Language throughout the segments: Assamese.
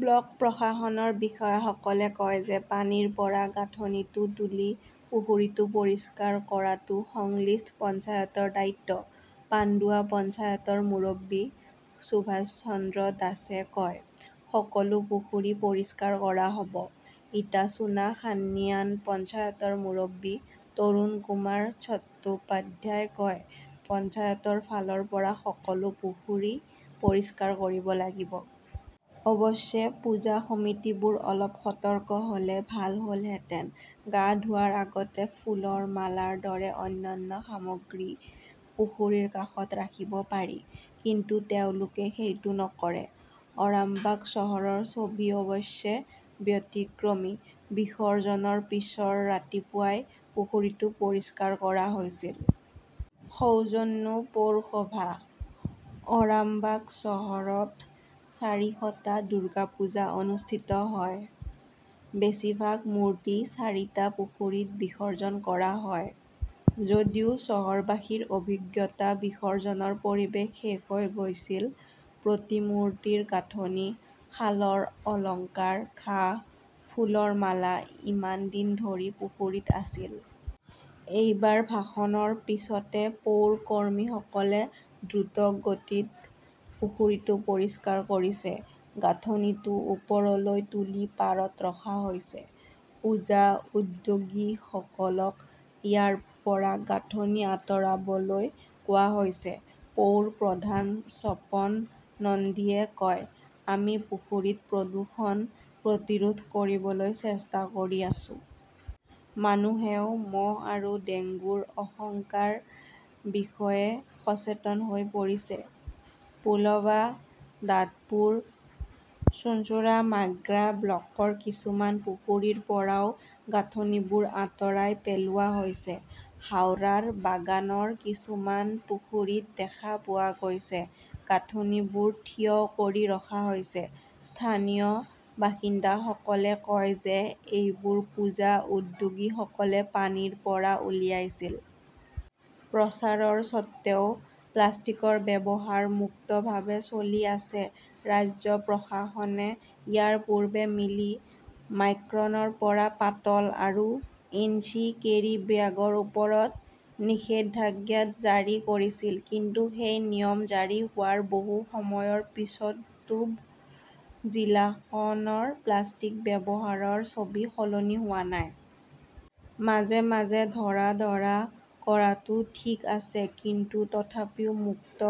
ব্লক প্ৰশাসনৰ বিষয়াসকলে কয় যে পানীৰ পৰা গাঁথনিটো তুলি পুখুৰীটো পৰিষ্কাৰ কৰাটো সংশ্লিষ্ট পঞ্চায়তৰ দায়িত্ব। পাণ্ডুৱা পঞ্চায়তৰ মুৰব্বী সুভাষ চন্দ্ৰ দাসে কয়, সকলো পুখুৰী পৰিষ্কাৰ কৰা হ'ব। ইটাচুনা-খান্নিয়ান পঞ্চায়তৰ মুৰব্বী তৰুণকুমাৰ চট্টোপাধ্যায়ই কয়, পঞ্চায়তৰ ফালৰ পৰা সকলো পুখুৰী পৰিষ্কাৰ কৰিব লাগিব। অৱশ্যে, পূজা সমিতিবোৰ অলপ সতৰ্ক হ'লে ভাল হ'লহেঁতেন। গা ধোৱাৰ আগতে ফুলৰ মালাৰ দৰে অন্যান্য সামগ্ৰী পুখুৰীৰ কাষত ৰাখিব পাৰি। কিন্তু তেওঁলোকে সেইটো নকৰে। অৰামবাগ চহৰৰ ছবি অৱশ্যে ব্যতিক্ৰমী। বিসৰ্জনৰ পিছৰ ৰাতিপুৱাই পুখুৰীটো পৰিষ্কাৰ কৰা হৈছিল। সৌজন্যে পৌৰসভা। আৰামবাগ চহৰত চাৰিশটা দুৰ্গা পূজা অনুষ্ঠিত হয়। বেছিভাগ মূৰ্তি চাৰিটা পুখুৰীত বিসৰ্জন কৰা হয়। যদিও চহৰবাসীৰ অভিজ্ঞতা, বিসৰ্জনৰ পৰিৱেশ শেষ হৈ গৈছিল, প্ৰতিমূৰ্তিৰ গাঁথনি, শালৰ অলংকাৰ, ঘাঁহ, ফুলৰ মালা ইমান দিন ধৰি পুখুৰীত আছিল। এইবাৰ ভাসনৰ পিছতে পৌৰ কৰ্মীসকলে দ্ৰুতগতিত পুখুৰীটো পৰিষ্কাৰ কৰিছে। গাঁথনিটো ওপৰলৈ তুলি পাৰত ৰখা হৈছে। পূজা উদ্যোগীসকলক ইয়াৰ পৰা গাঁথনি আতৰাবলৈ কোৱা হৈছে। পৌৰ প্ৰধান স্বপন নন্দীয়ে কয়, আমি পুখুৰীত প্ৰদূষণ প্ৰতিৰোধ কৰিবলৈ চেষ্টা কৰি আছো। মানুহেও মহ আৰু ডেংগুৰ আশংকাৰ বিষয়ে সচেতন হৈ পৰিছে। পোলবা-দাদপুৰ, চুঞ্চুৰা-মাগ্ৰা ব্লকৰ কিছুমান পুখুৰীৰ পৰাও গাঁথনিবোৰ আঁতৰাই পেলোৱা হৈছে। হাওৰাৰ বাগানৰ কিছুমান পুখুৰীত দেখা পোৱা গৈছে, গাঁথনিবোৰ থিয় কৰি ৰখা হৈছে। স্থানীয় বাসিন্দাসকলে কয় যে এইবোৰ পূজা উদ্যোগীসকলে পানীৰ পৰা উলিয়াইছিল। প্ৰচাৰৰ স্বত্বেও, প্লাষ্টিকৰ ব্যৱহাৰ মুক্তভাৱে চলি আছে ৰাজ্য প্ৰশাসনে ইয়াৰ পূৰ্বে মিলি মাইক্ৰনৰ পৰা পাতল আৰু ইঞ্চি কেৰিব্যাগৰ ওপৰত নিষেধাজ্ঞা জাৰি কৰিছিল। কিন্তু সেই নিয়ম জাৰি হোৱাৰ বহু সময়ৰ পিছতোব জিলাখনৰ প্লাষ্টিক ব্যৱহাৰৰ ছবি সলনি হোৱা নাই। মাজে মাজে ধৰা-ধৰা কৰাটো ঠিক আছে কিন্তু তথাপিও মুক্ত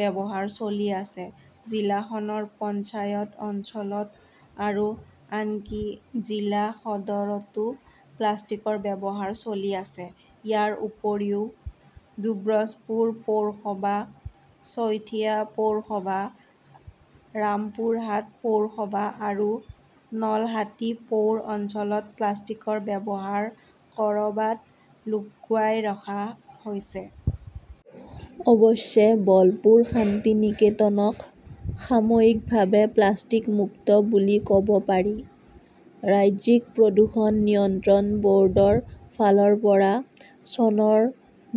ব্যৱহাৰ চলি আছে। জিলাখনৰ পঞ্চায়ত অঞ্চলত আৰু আনকি জিলা সদৰতো প্লাষ্টিকৰ ব্যৱহাৰ চলি আছে। ইয়াৰ উপৰিও দুব্ৰজপুৰ পৌৰসভা, চৈথিয়া পৌৰসভা, ৰামপুৰহাট পৌৰসভা আৰু নলহাটি পৌৰ অঞ্চলত প্লাষ্টিকৰ ব্যৱহাৰ কৰবাত লুকুৱাই ৰখা হৈছে। অৱশ্যে, বলপুৰ শান্তিনিকেতনক সাময়িকভাৱে প্লাষ্টিক-মুক্ত বুলি কব পাৰি। ৰাজ্যিক প্ৰদূষণ নিয়ন্ত্ৰণ বৰ্ডৰ ফালৰ পৰা, চনৰ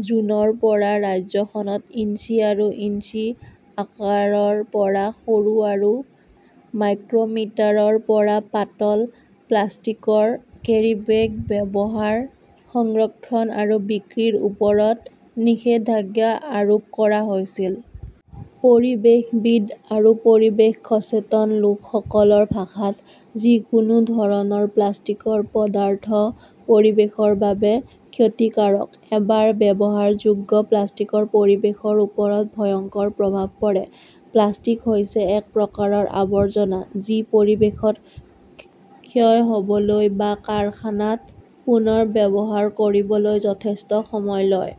জুনৰ পৰা ৰাজ্যখনত ইঞ্চি আৰু ইঞ্চি আকাৰৰ পৰা সৰু আৰু মাইক্ৰ'মিটাৰৰ পৰা পাতল প্লাষ্টিকৰ কেৰিব্যাগ ব্যৱহাৰ, সংৰক্ষণ আৰু বিক্ৰীৰ ওপৰত নিষেধাজ্ঞা আৰোপ কৰা হৈছিল। পৰিৱেশবিদ আৰু পৰিৱেশ সচেতন লোকসকলৰ ভাষাত, যিকোনো ধৰণৰ প্লাষ্টিকৰ পদাৰ্থ পৰিৱেশৰ বাবে ক্ষতিকাৰক। এবাৰ ব্যৱহাৰযোগ্য প্লাষ্টিকৰ পৰিৱেশৰ ওপৰত ভয়ংকৰ প্ৰভাৱ পৰে। প্লাষ্টিক হৈছে এক প্ৰকাৰৰ আৱৰ্জনা যি পৰিৱেশত ক্ষয় হ 'বলৈ বা কাৰখানাত পুনৰ্ব্যৱহাৰ কৰিবলৈ যথেষ্ট সময় লয়।